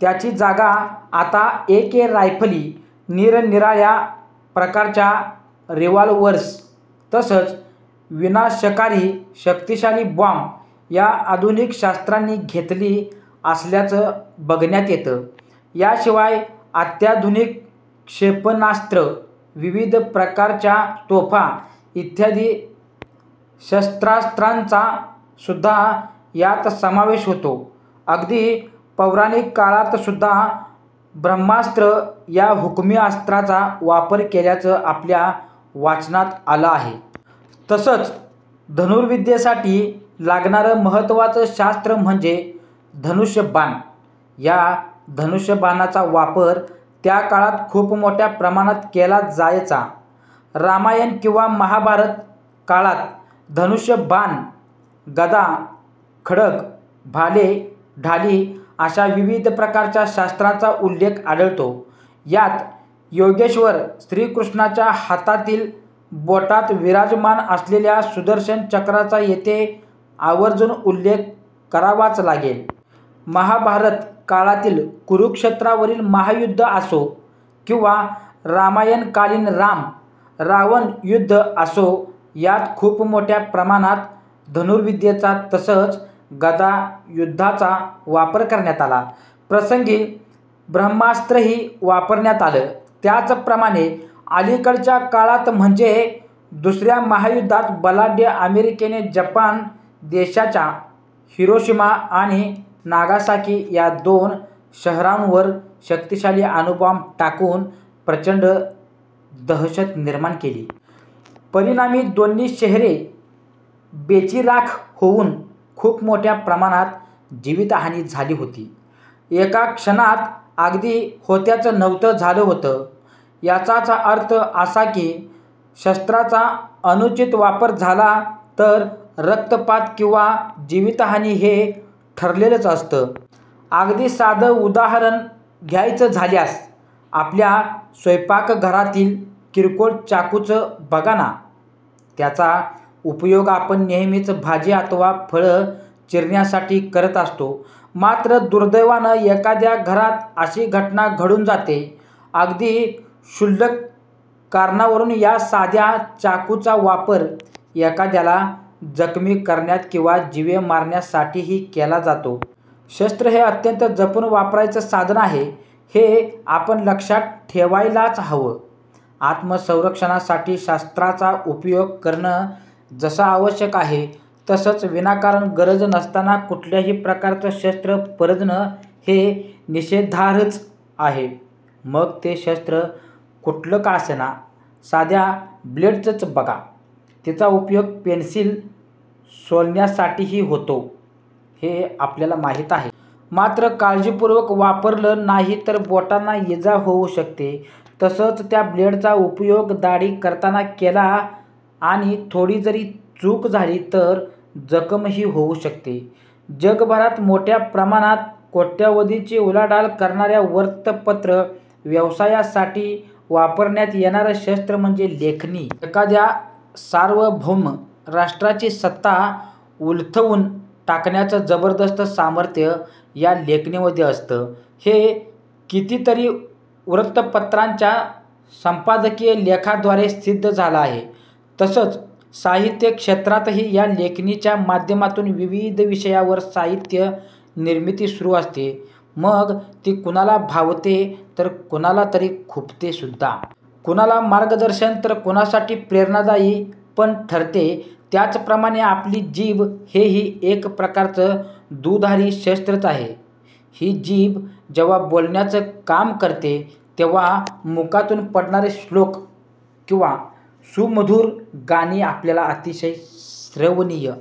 त्याची जागा आता ए. के. रायफली, निरनिराळ्या प्रकारच्या रिव्हॉल्वर्स तसंच विनाशकारी शक्तिशाली बॉम्ब या आधुनिक शस्त्रांनी घेतली असल्याचं बघण्यात येतं. याशिवाय अत्याधुनिक क्षेपणास्त्रं, विविध प्रकारच्या तोफा इत्यादी शस्त्रास्त्रांचा सुद्धा यात समावेश होतो. अगदी पौराणिक काळात सुद्धा ब्रह्मास्त्र या हुकमी अस्त्राचा वापर केल्याचं आपल्या वाचनात आलं आहे. तसंच धनुर्विद्येसाठी लागणारं महत्त्वाचं शस्त्र म्हणजे धनुष्यबाण. या धनुष्यबाणाचा वापर त्याकाळात खूप मोठ्या प्रमाणात केला जायचा. रामायण किंवा महाभारत काळात धनुष्यबाण, गदा, खड्ग, भाले, ढाली अशा विविध प्रकारच्या शस्त्रांचा उल्लेख आढळतो. यात योगेश्वर श्रीकृष्णाच्या हातातील बोटात विराजमान असलेल्या सुदर्शन चक्राचा येथे आवर्जून उल्लेख करावाच लागेल. महाभारत काळातील कुरुक्षेत्रावरील महायुद्ध असो किंवा रामायणकालीन राम, रावण युद्ध असो, यात खूप मोठ्या प्रमाणात धनुर्विद्येचा तसंच गदायुद्धाचा वापर करण्यात आला. प्रसंगी ब्रह्मास्त्रही वापरण्यात आलं. त्याचप्रमाणे अलीकडच्या काळात म्हणजे दुसऱ्या महायुद्धात बलाढ्य अमेरिकेने जपान देशाच्या हिरोशिमा आणि नागासाकी या दोन शहरांवर शक्तिशाली अणुबाँब टाकून प्रचंड दहशत निर्माण केली. परिणामी दोन्ही शहरे बेचिराख होऊन खूप मोठ्या प्रमाणात जीवितहानी झाली होती. एका क्षणात अगदी होत्याचं नव्हतं झालं होतं. याचाच अर्थ असा की शस्त्राचा अनुचित वापर झाला तर रक्तपात किंवा जीवितहानी हे ठरलेलंच असतं. अगदी साधं उदाहरण घ्यायचं झाल्यास आपल्या स्वयंपाकघरातील किरकोळ चाकूच बघा ना, त्याचा उपयोग आपण नेहमीच भाजी अथवा फळं चिरण्यासाठी करत असतो. मात्र दुर्दैवानं एखाद्या घरात अशी घटना घडून जाते, अगदी क्षुल्लक कारणावरून या साध्या चाकूचा वापर एखाद्याला जखमी करण्यात किंवा जीवे मारण्यासाठीही केला जातो. शस्त्र हे अत्यंत जपून वापरायचं साधन आहे, हे आपण लक्षात ठेवायलाच हवं. आत्मसंरक्षणासाठी शस्त्राचा उपयोग करणं जसं आवश्यक आहे, तसंच विनाकारण, गरज नसताना कुठल्याही प्रकारचं शस्त्र परजणं हे निषेधार्हच आहे. मग ते शस्त्र कुठलं का असेना, साध्या ब्लेडचंच बघा, तिचा उपयोग पेन्सिल सोलण्यासाठी होतो हे आपल्याला माहिती आहे. मात्र काळजीपूर्वक वापरलं नाही तर बोटांना इजा होऊ शकते. तसंच त्या ब्लेडचा उपयोग दाढी करताना केला आणि थोडी जरी चूक झाली तर जखमही होऊ शकते. जगभरात मोठ्या प्रमाणात कोट्यवधींची उलाढाल करणाऱ्या वृत्तपत्र व्यवसायासाठी वापरण्यात येणारं शस्त्र म्हणजे लेखणी. एखाद्या सार्वभौम राष्ट्राची सत्ता उलथवून टाकण्याचं जबरदस्त सामर्थ्य या लेखणीमध्ये असतं, हे कितीतरी वृत्तपत्रांच्या संपादकीय लेखाद्वारे सिद्ध झालं आहे. तसंच साहित्य क्षेत्रातही या लेखणीच्या माध्यमातून विविध विषयांवर साहित्य निर्मिती सुरू असते. मग ती कुणाला भावते तर कुणालातरी खुपते सुद्धा. कुणाला मार्गदर्शक तर कुणासाठी प्रेरणादायी पण ठरते. त्याचप्रमाणे आपली जीभ हेही एक प्रकारचं दुधारी शस्त्रच आहे. ही जीभ जेव्हा बोलण्याचं काम करते तेव्हा मुखातून पडणारे श्लोक किंवा सुमधुर गाणी आपल्याला अतिशय श्रवणीय